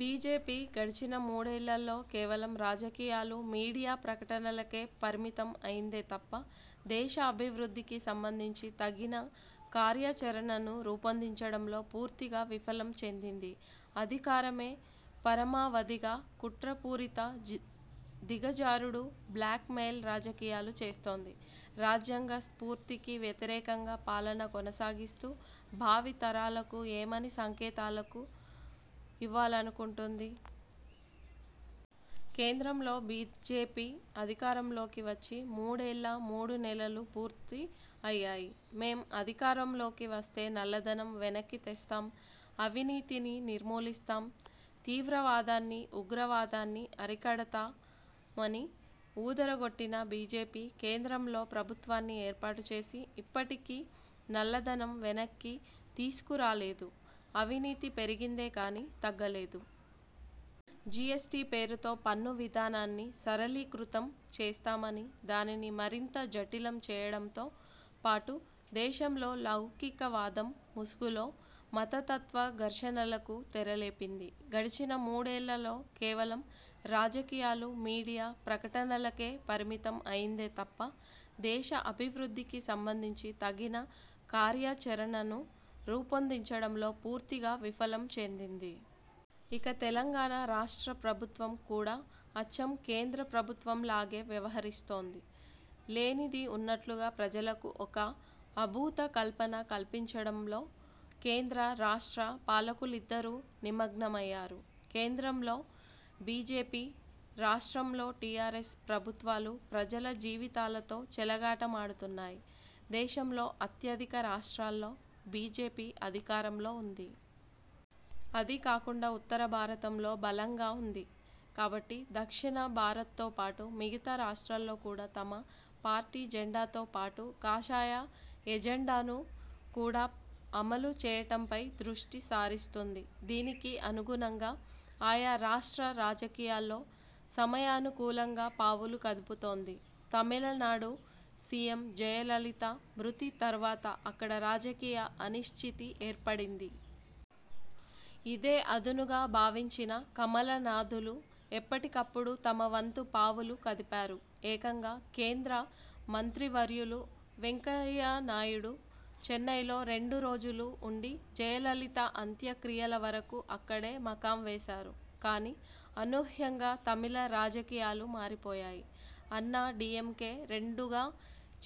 BJP గడిచిన మూడేళ్ళలో కేవలం రాజకీయాలు, మీడియా ప్రకటనలకే పరిమితం అయ్యిందే తప్పా, దేశ అభివృద్ధికి సంబంధించి తగిన కార్యాచరణను రూపొందించడంలో పూర్తిగా విఫలం చెందింది. అధికారమే పరమావధిగా కుట్రపూరిత, ది దిగజారుడు, బ్లాక్ మెయిల్ రాజకీయాలు చేస్తోంది. రాజ్యాంగ స్ఫూర్తికి వ్యతిరేకంగా పాలన కొనసాగిస్తూ భావి తరాలకు ఏమని సంకేతాలకు ఇవ్వాలనుకుంటుంది? కేంద్రంలో బీజేపీ అధికారంలోకి వచ్చి మూడేళ్ల మూడు నెలలు పూర్తి అయ్యాయి. 'మేం అధికారంలోకి వస్తే నల్లధనం వెనక్కి తెస్తాం, అవినీతిని నిర్మూలిస్తాం, తీవ్రవాదాన్ని, ఉగ్రవాదాన్ని అరికడతా'మని ఊదరగొట్టిన బీజేపీ, కేంద్రంలో ప్రభుత్వాన్ని ఏర్పాటుచేసి ఇప్పటికీ నల్లధనం వెనక్కి తీసుకురాలేదు. అవినీతి పెరిగిందే కానీ తగ్గలేదు. జీఎస్టీ పేరుతో పన్ను విధానాన్ని సరళీకృతం చేస్తామని దానిని మరింత జఠిలం చేయడంతో పాటు దేశంలో లౌకికవాదం ముసుగులో మతతత్వ ఘర్షణలకు తెరలేపింది. గడిచిన మూడేళ్ళలో కేవలం రాజకీయాలు, మీడియా ప్రకటనలకే పరిమితం అయ్యిందే తప్పా, దేశ అభివృద్ధికి సంబంధించి తగిన కార్యాచరణను రూపొందించడంలో పూర్తిగా విఫలం చెందింది. ఇక తెలంగాణ రాష్ట్ర ప్రభుత్వం కూడా అచ్చం కేంద్ర ప్రభుత్వం లాగే వ్యవహరిస్తుంది. లేనిది ఉన్నట్లుగా ప్రజలకు ఒక అభూత కల్పన కల్పించడంలో కేంద్ర, రాష్ట్ర పాలకులిద్దరూ నిమగ్నమయ్యారు. కేంద్రంలో బీజేపీ, రాష్ట్రంలో టీఆర్ఎస్ ప్రభుత్వాలు ప్రజల జీవితాలతో చెలగాటమాడుతున్నాయి. దేశంలో అత్యధిక రాష్ట్రాల్లో బీజేపీ అధికారంలో ఉంది. అదీ కాకుండా ఉత్తర భారతంలో బలంగా ఉంది. కాబట్టి దక్షిణ భారత్తో పాటు, మిగతా రాష్ట్రాల్లో కూడా తమ పార్టీ జెండాతో పాటు కాషాయ ఎజెండాను కూడా అమలు చేయటంపై దృష్టి సారిస్తుంది. దీనికి అనుగుణంగా ఆయా రాష్ట్ర రాజకీయాల్లో సమయానుకూలంగా పావులు కదుపుతోంది. తమిళనాడు సీఎం జయలలిత మృతి తర్వాత అక్కడ రాజకీయ అనిశ్చితి ఏర్పడింది. ఇదే అదునుగా భావించిన కమలనాథులు ఎప్పటికప్పుడు తమ వంతు పావులు కదిపారు. ఏకంగా కేంద్ర మంత్రివర్యులు వెంకయ్యనాయుడు చెన్నైలో రెండు రోజులు ఉండి జయలలిత అంత్యక్రియల వరకు అక్కడే మకాం వేశారు. కానీ అనూహ్యంగా తమిళ రాజకీయాలు మారిపోయాయి. అన్నా డీఎంకే రెండుగా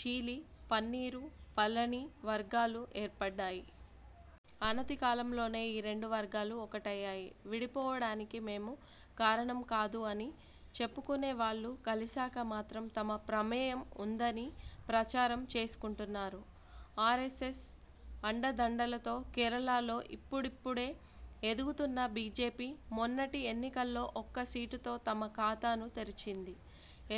చీలి పన్నీరు, పళని వర్గాలు ఏర్పడ్డాయి. అనతికాలంలోనే ఈ రెండు వర్గాలు ఒక్కటయ్యాయి. విడిపోవడానికి మేము కారణం కాదు అని చెప్పుకునే వాళ్లు, కలిసాక మాత్రం తమ ప్రమేయం ఉందని ప్రచారం చేసుకుంటున్నారు. ఆర్ఎస్ఎస్ అండదండలతో కేరళలో ఇప్పుడిప్పుడే ఎదుగుతున్న బీజేపీ, మొన్నటి ఎన్నికల్లో ఒక్క సీటుతో తమ ఖాతాను తెరిచింది.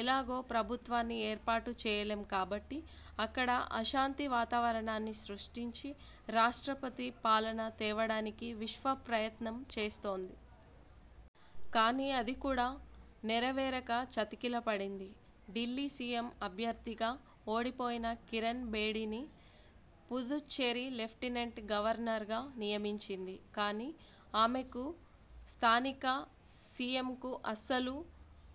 ఎలాగో ప్రభుత్వాన్ని ఏర్పాటు చేయలేం కాబట్టి అక్కడ అశాంతి వాతావరణాన్ని సృష్టించి రాష్ట్రపతి పాలన తేవడానికి విశ్వ ప్రయత్నం చేస్తోంది. కానీ అదీ కూడా నెరవేరక చతికిలపడింది. ఢిల్లీ సీఎం అభ్యర్థిగా ఓడిపోయిన కిరణ్ బేడీని, పుదుచ్చేరి లెఫ్టినెంట్ గవర్నర్గా నియమించింది. కానీ ఆమెకు, స్థానిక సీఎంకు అస్సలు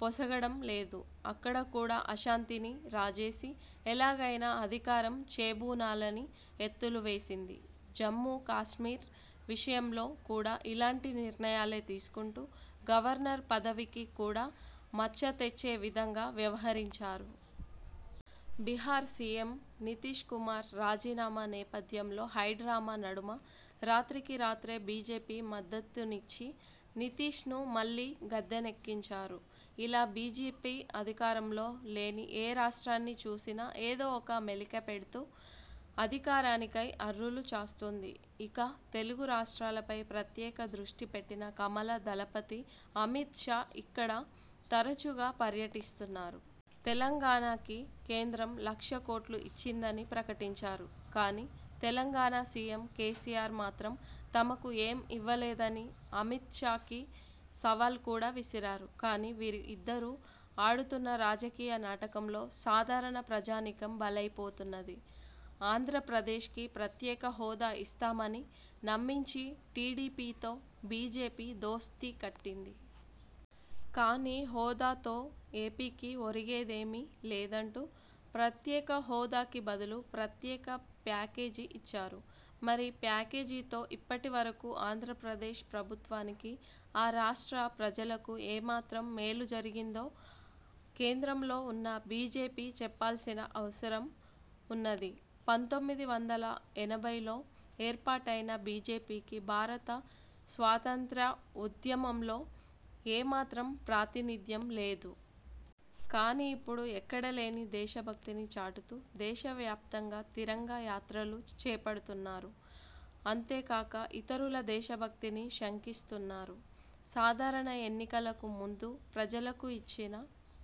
పొసగడం లేదు. అక్కడ కూడా అశాంతిని రాజేసి, ఎలాగైనా అధికారం చేబూనాలని ఎత్తులు వేసింది. జమ్మూ కాశ్మీర్ విషయంలో కూడా ఇలాంటి నిర్ణయాలే తీసుకుంటూ గవర్నర్ పదవికి కూడా మచ్చ తెచ్చే విధంగా వ్యవహరించారు. బీహార్ సీఎం నితీశ్ కుమార్ రాజీనామా నేపథ్యంలో హైడ్రామా నడుమ రాత్రికి రాత్రే బీజేపీ మద్దతునిచ్చి నితీశ్ను మళ్లీ గద్దెనెక్కించారు. ఇలా బీజేపీ అధికారంలో లేని ఏ రాష్ట్రాన్ని చూసినా ఏదో ఒక మెలిక పెడ్తూ అధికారానికై అర్రులు చాస్తుంది. ఇక తెలుగు రాష్ట్రాలపై ప్రత్యేక దృష్టిపెట్టిన కమల దళపతి అమిత్ షా ఇక్కడ తరుచుగా పర్యటిస్తున్నారు. తెలంగాణకి కేంద్రం లక్ష కోట్లు ఇచ్చిందని ప్రకటించారు. కానీ తెలంగాణ సీఎం కేసీఆర్ మాత్రం తమకు ఏం ఇవ్వలేదని అమిత్ షాకి సవాల్ కూడా విసిరారు. కానీ వీరు ఇద్దరు ఆడుతున్న రాజకీయ నాటకంలో సాధారణ ప్రజానీకం బలైపోతున్నది. ఆంధ్రప్రదేశ్కి ప్రత్యేక హోదా ఇస్తామని నమ్మించి టీడీపీతో బీజేపీ దోస్తీ కట్టింది. కానీ హోదాతో ఏపీకి ఒరిగేదేమీ లేదంటూ ప్రత్యేక హోదాకి బదులు ప్రత్యేక ప్యాకేజీ ఇచ్చారు. మరి ప్యాకేజీతో ఇప్పటి వరకు ఆంధ్రప్రదేశ్ ప్రభుత్వానికి, ఆ రాష్ట్ర ప్రజలకు ఏమాత్రం మేలు జరిగిందో కేంద్రంలో ఉన్న బీజేపీ చెప్పాల్సిన అవుసరం ఉన్నది. పంతొమ్మిది వందల ఎనభైలో ఏర్పాటైన బీజేపీకి భారత స్వాతంత్ర్య ఉద్యమంలో ఏమాత్రం ప్రాతినిధ్యం లేదు. కానీ ఇప్పుడు ఎక్కడలేని దేశభక్తిని చాటుతూ దేశ వ్యాప్తంగా 'తిరంగ యాత్రలు' చేపడుతున్నారు. అంతేకాక ఇతరుల దేశభక్తిని శంకిస్తున్నారు. సాధారణ ఎన్నికలకు ముందు ప్రజలకు ఇచ్చిన